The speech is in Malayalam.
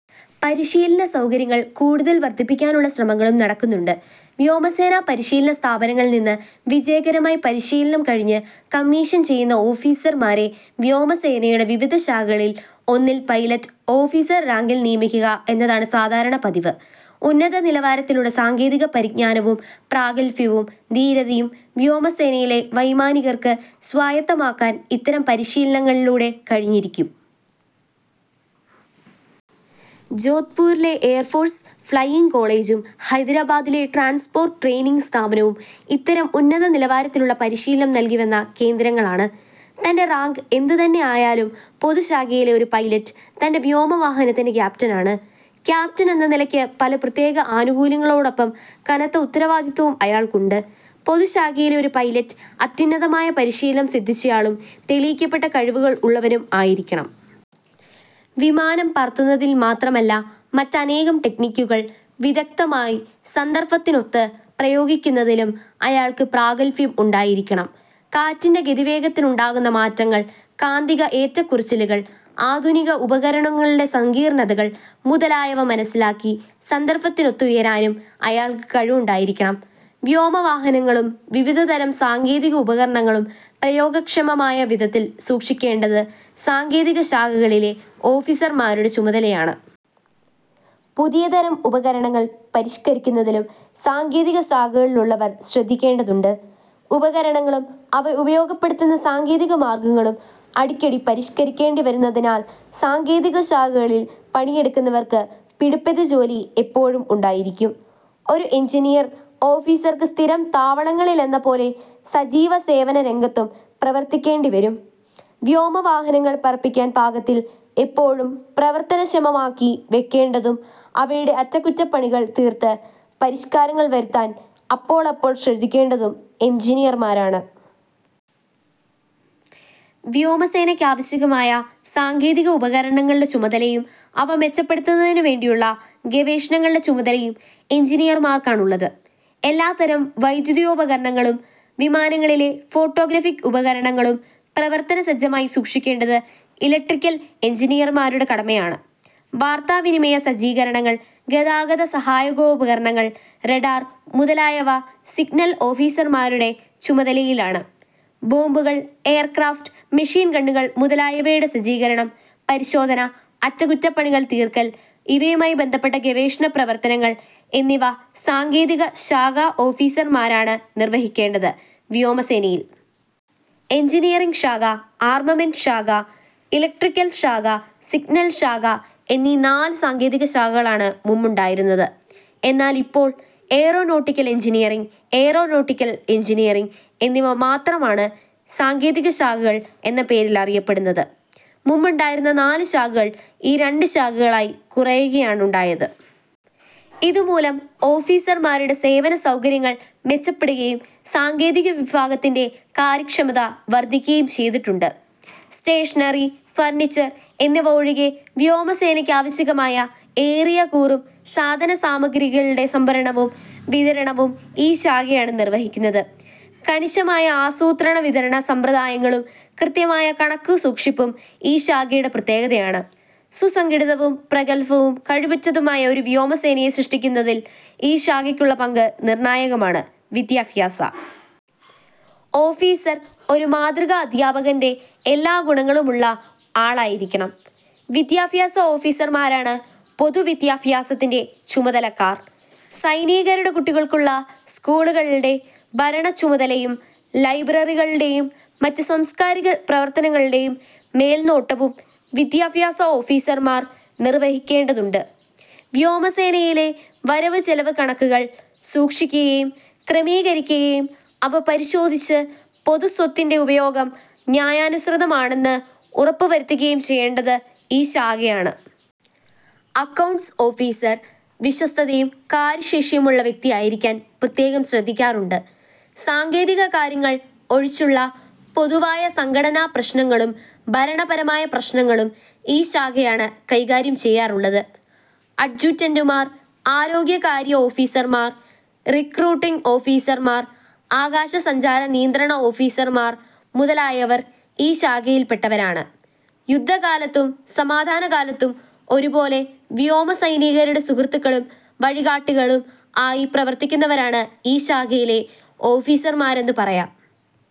പരിശീലന സൗകര്യങ്ങൾ കൂടുതൽ വർധിപ്പിക്കാനുള്ള ശ്രമങ്ങളും നടക്കുന്നുണ്ട്. വ്യോമസേനാ പരിശീലന സ്ഥാപനങ്ങളിൽ നിന്ന് വിജയകരമായി പരിശീലനം കഴിഞ്ഞ് കമ്മീഷൻ ചെയ്യുന്ന ഓഫീസർമാരെ വ്യോമസേനയുടെ വിവിധ ശാഖകളിൽ ഒന്നിൽ പൈലറ്റ് ഓഫീസർ റാങ്കിൽ നിയമിക്കുക എന്നതാണ് സാധാരണ പതിവ്. ഉന്നത നിലവാരത്തിലുള്ള സാങ്കേതിക പരിജ്ഞാനവും പ്രാഗൽഭ്യവും ധീരതയും വ്യോമസേനയിലെ വൈമാനികർക്ക് സ്വായത്തമാക്കാൻ ഇത്തരം പരിശീലനങ്ങളിലൂടെ കഴിഞ്ഞിരിക്കും. ജോധ്പൂരിലെ എയർഫോഴ്സ് ഫ്ലൈയിങ് കോളേജും ഹൈദരാബാദിലെ ട്രാൻസ്പോർട്ട് ട്രെയിനിങ് സ്ഥാപനവും ഇത്തരം ഉന്നത നിലവാരത്തിലുള്ള പരിശീലനം നൽകിവന്ന കേന്ദ്രങ്ങളാണ്. തൻ്റെ റാങ്ക് എന്തുതന്നെ ആയാലും പൊതു ശാഖയിലെ ഒരു പൈലറ്റ് തൻ്റെ വ്യോമവാഹനത്തിൻ്റെ ക്യാപ്റ്റനാണ്. ക്യാപ്റ്റനെന്ന നിലയ്ക്ക് പല പ്രത്യേക ആനുകൂല്യങ്ങളോടൊപ്പം കനത്ത ഉത്തരവാദിത്തവും അയാൾക്കുണ്ട്. പൊതുശാഖയിലെ ഒരു പൈലറ്റ് അത്യുന്നതമായ പരിശീലനം സിദ്ധിച്ചയാളും തെളിയിക്കപ്പെട്ട കഴിവുകൾ ഉള്ളവനും ആയിരിക്കണം. വിമാനം പറത്തുന്നതിൽ മാത്രമല്ല, മറ്റനേകം ടെക്നിക്കുകൾ വിദഗ്ദ്ധമായി സന്ദർഭത്തിനൊത്ത് പ്രയോഗിക്കുന്നതിലും അയാൾക്ക് പ്രാഗൽഭ്യം ഉണ്ടായിരിക്കണം. കാറ്റിൻ്റെ ഗതിവേഗത്തിലുണ്ടാകുന്ന മാറ്റങ്ങൾ, കാന്തിക ഏറ്റക്കുറച്ചിലുകൾ, ആധുനിക ഉപകരണങ്ങളുടെ സങ്കീർണതകൾ മുതലായവ മനസ്സിലാക്കി സന്ദർഭത്തിനൊത്തുയരാനും അയാൾക്ക് കഴിവുണ്ടായിരിക്കണം. വ്യോമവാഹനങ്ങളും വിവിധതരം സാങ്കേതിക ഉപകരണങ്ങളും പ്രയോഗക്ഷമമായ വിധത്തിൽ സൂക്ഷിക്കേണ്ടത് സാങ്കേതിക ശാഖകളിലെ ഓഫീസർമാരുടെ ചുമതലയാണ്. പുതിയതരം ഉപകരണങ്ങൾ പരിഷ്കരിക്കുന്നതിലും സാങ്കേതിക ശാഖകളിലുള്ളവർ ശ്രദ്ധിക്കേണ്ടതുണ്ട്. ഉപകരണങ്ങളും അവ ഉപയോഗപ്പെടുത്തുന്ന സാങ്കേതിക മാർഗങ്ങളും അടിക്കടി പരിഷ്കരിക്കേണ്ടി വരുന്നതിനാൽ സാങ്കേതിക ശാഖകളിൽ പണിയെടുക്കുന്നവർക്ക് പിടിപ്പതു ജോലി എപ്പോഴും ഉണ്ടായിരിക്കും. ഒരു എൻജിനീയർ ഓഫീസർക്ക് സ്ഥിരം താവളങ്ങളിലെന്നപോലെ സജീവ സേവന രംഗത്തും പ്രവർത്തിക്കേണ്ടി വരും. വ്യോമവാഹനങ്ങൾ പറപ്പിക്കാൻ പാകത്തിൽ എപ്പോഴും പ്രവർത്തനക്ഷമമാക്കി വെക്കേണ്ടതും, അവയുടെ അറ്റകുറ്റപ്പണികൾ തീർത്ത് പരിഷ്കാരങ്ങൾ വരുത്താൻ അപ്പോഴപ്പോൾ ശ്രദ്ധിക്കേണ്ടതും എൻജിനീയർമാരാണ്. വ്യോമസേനയ്ക്കാവശ്യമായ സാങ്കേതിക ഉപകരണങ്ങളുടെ ചുമതലയും അവ മെച്ചപ്പെടുത്തുന്നതിനു വേണ്ടിയുള്ള ഗവേഷണങ്ങളുടെ ചുമതലയും എൻജിനീയർമാർക്കാണുള്ളത്. എല്ലാത്തരം വൈദ്യുതോപകരണങ്ങളും വിമാനങ്ങളിലെ ഫോട്ടോഗ്രാഫിക്ക് ഉപകരണങ്ങളും പ്രവർത്തനസജ്ജമായി സൂക്ഷിക്കേണ്ടത് ഇലക്ട്രിക്കൽ എൻജിനീയർമാരുടെ കടമയാണ്. വാർത്താവിനിമയ സജ്ജീകരണങ്ങൾ, ഗതാഗത സഹായകോപകരണങ്ങൾ, റഡാർ മുതലായവ സിഗ്നൽ ഓഫീസർമാരുടെ ചുമതലയിലാണ്. ബോംബുകൾ, എയർക്രാഫ്റ്റ് മെഷീൻ ഗണ്ണുകൾ മുതലായവയുടെ സജ്ജീകരണം, പരിശോധന, അറ്റകുറ്റപ്പണികൾ തീർക്കൽ, ഇവയുമായി ബന്ധപ്പെട്ട ഗവേഷണ പ്രവർത്തനങ്ങൾ എന്നിവ സാങ്കേതിക ശാഖാ ഓഫീസർമാരാണ് നിർവഹിക്കേണ്ടത്. വ്യോമസേനയിൽ എൻജിനീയറിങ് ശാഖ, ആർമമെന്റ് ശാഖ, ഇലക്ട്രിക്കൽ ശാഖ, സിഗ്നൽ ശാഖ എന്നീ നാല് സാങ്കേതിക ശാഖകളാണ് മുമ്പുണ്ടായിരുന്നത്. എന്നാൽ ഇപ്പോൾ എയ്റോനോട്ടിക്കൽ എൻജിനീയറിങ്, എയ്റോനോട്ടിക്കൽ എൻജിനീയറിങ് എന്നിവ മാത്രമാണ് സാങ്കേതിക ശാഖകൾ എന്ന പേരിൽ അറിയപ്പെടുന്നത്. മുമ്പുണ്ടായിരുന്ന നാല് ശാഖകൾ ഈ രണ്ട് ശാഖകളായി കുറയ്ക്കുകയാണുണ്ടായത്. ഇതുമൂലം ഓഫീസർമാരുടെ സേവന സൗകര്യങ്ങൾ മെച്ചപ്പെടുകയും സാങ്കേതിക വിഭാഗത്തിൻ്റെ കാര്യക്ഷമത വർധിക്കുകയും ചെയ്തിട്ടുണ്ട്. സ്റ്റേഷനറി, ഫർണീച്ചർ എന്നിവ ഒഴികെ വ്യോമസേനയ്ക്കാവശ്യമായ ഏറിയകൂറും സാധന സാമഗ്രികളുടെ സംഭരണവും വിതരണവും ഈ ശാഖയാണ് നിർവഹിക്കുന്നത്. കണിശമായ ആസൂത്രണ വിതരണ സമ്പ്രദായങ്ങളും കൃത്യമായ കണക്കുസൂക്ഷിപ്പും ഈ ശാഖയുടെ പ്രത്യേകതയാണ്. സുസംഘടിതവും പ്രഗൽഭവും കഴിവുറ്റതുമായ ഒരു വ്യോമസേനയെ സൃഷ്ടിക്കുന്നതിൽ ഈ ശാഖയ്ക്കുള്ള പങ്ക് നിർണായകമാണ്. വിദ്യാഭ്യാസ ഓഫീസർ ഒരു മാതൃകാധ്യാപകൻ്റെ എല്ലാ ഗുണങ്ങളുമുള്ള ആളായിരിക്കണം. വിദ്യാഭ്യാസ ഓഫീസർമാരാണ് പൊതു വിദ്യാഭ്യാസത്തിൻ്റെ ചുമതലക്കാർ. സൈനികരുടെ കുട്ടികൾക്കുള്ള സ്കൂളുകളുടെ ഭരണച്ചുമതലയും ലൈബ്രറികളുടെയും മറ്റു സാംസ്കാരിക പ്രവർത്തനങ്ങളുടെയും മേൽനോട്ടവും വിദ്യാഭ്യാസ ഓഫീസർമാർ നിർവഹിക്കേണ്ടതുണ്ട്. വ്യോമസേനയിലെ വരവുചെലവ് കണക്കുകൾ സൂക്ഷിക്കുകയും ക്രമീകരിക്കുകയും അവ പരിശോധിച്ച് പൊതു സ്വത്തിൻ്റെ ഉപയോഗം ന്യായാനുസൃതമാണെന്ന് ഉറപ്പുവരുത്തുകയും ചെയ്യേണ്ടത് ഈ ശാഖയാണ്. അക്കൗണ്ട്സ് ഓഫീസർ വിശ്വസ്തതയും കാര്യശേഷിയുമുള്ള വ്യക്തിയായിരിക്കാൻ പ്രത്യേകം ശ്രദ്ധിക്കാറുണ്ട്. സാങ്കേതിക കാര്യങ്ങൾ ഒഴിച്ചുള്ള പൊതുവായ സംഘടനാ പ്രശ്നങ്ങളും ഭരണപരമായ പ്രശ്നങ്ങളും ഈ ശാഖയാണ് കൈകാര്യം ചെയ്യാറുള്ളത്. അഡ്ജുറ്റന്റുമാർ, ആരോഗ്യകാര്യ ഓഫീസർമാർ, റിക്രൂട്ടിങ് ഓഫീസർമാർ, ആകാശ സഞ്ചാര നിയന്ത്രണ ഓഫീസർമാർ മുതലായവർ ഈ ശാഖയിൽപ്പെട്ടവരാണ്. യുദ്ധകാലത്തും സമാധാനകാലത്തും ഒരുപോലെ വ്യോമസൈനികരുടെ സുഹൃത്തുക്കളും വഴികാട്ടികളും ആയി പ്രവർത്തിക്കുന്നവരാണ് ഈ ശാഖയിലെ ഓഫീസർമാരെന്ന് പറയാം.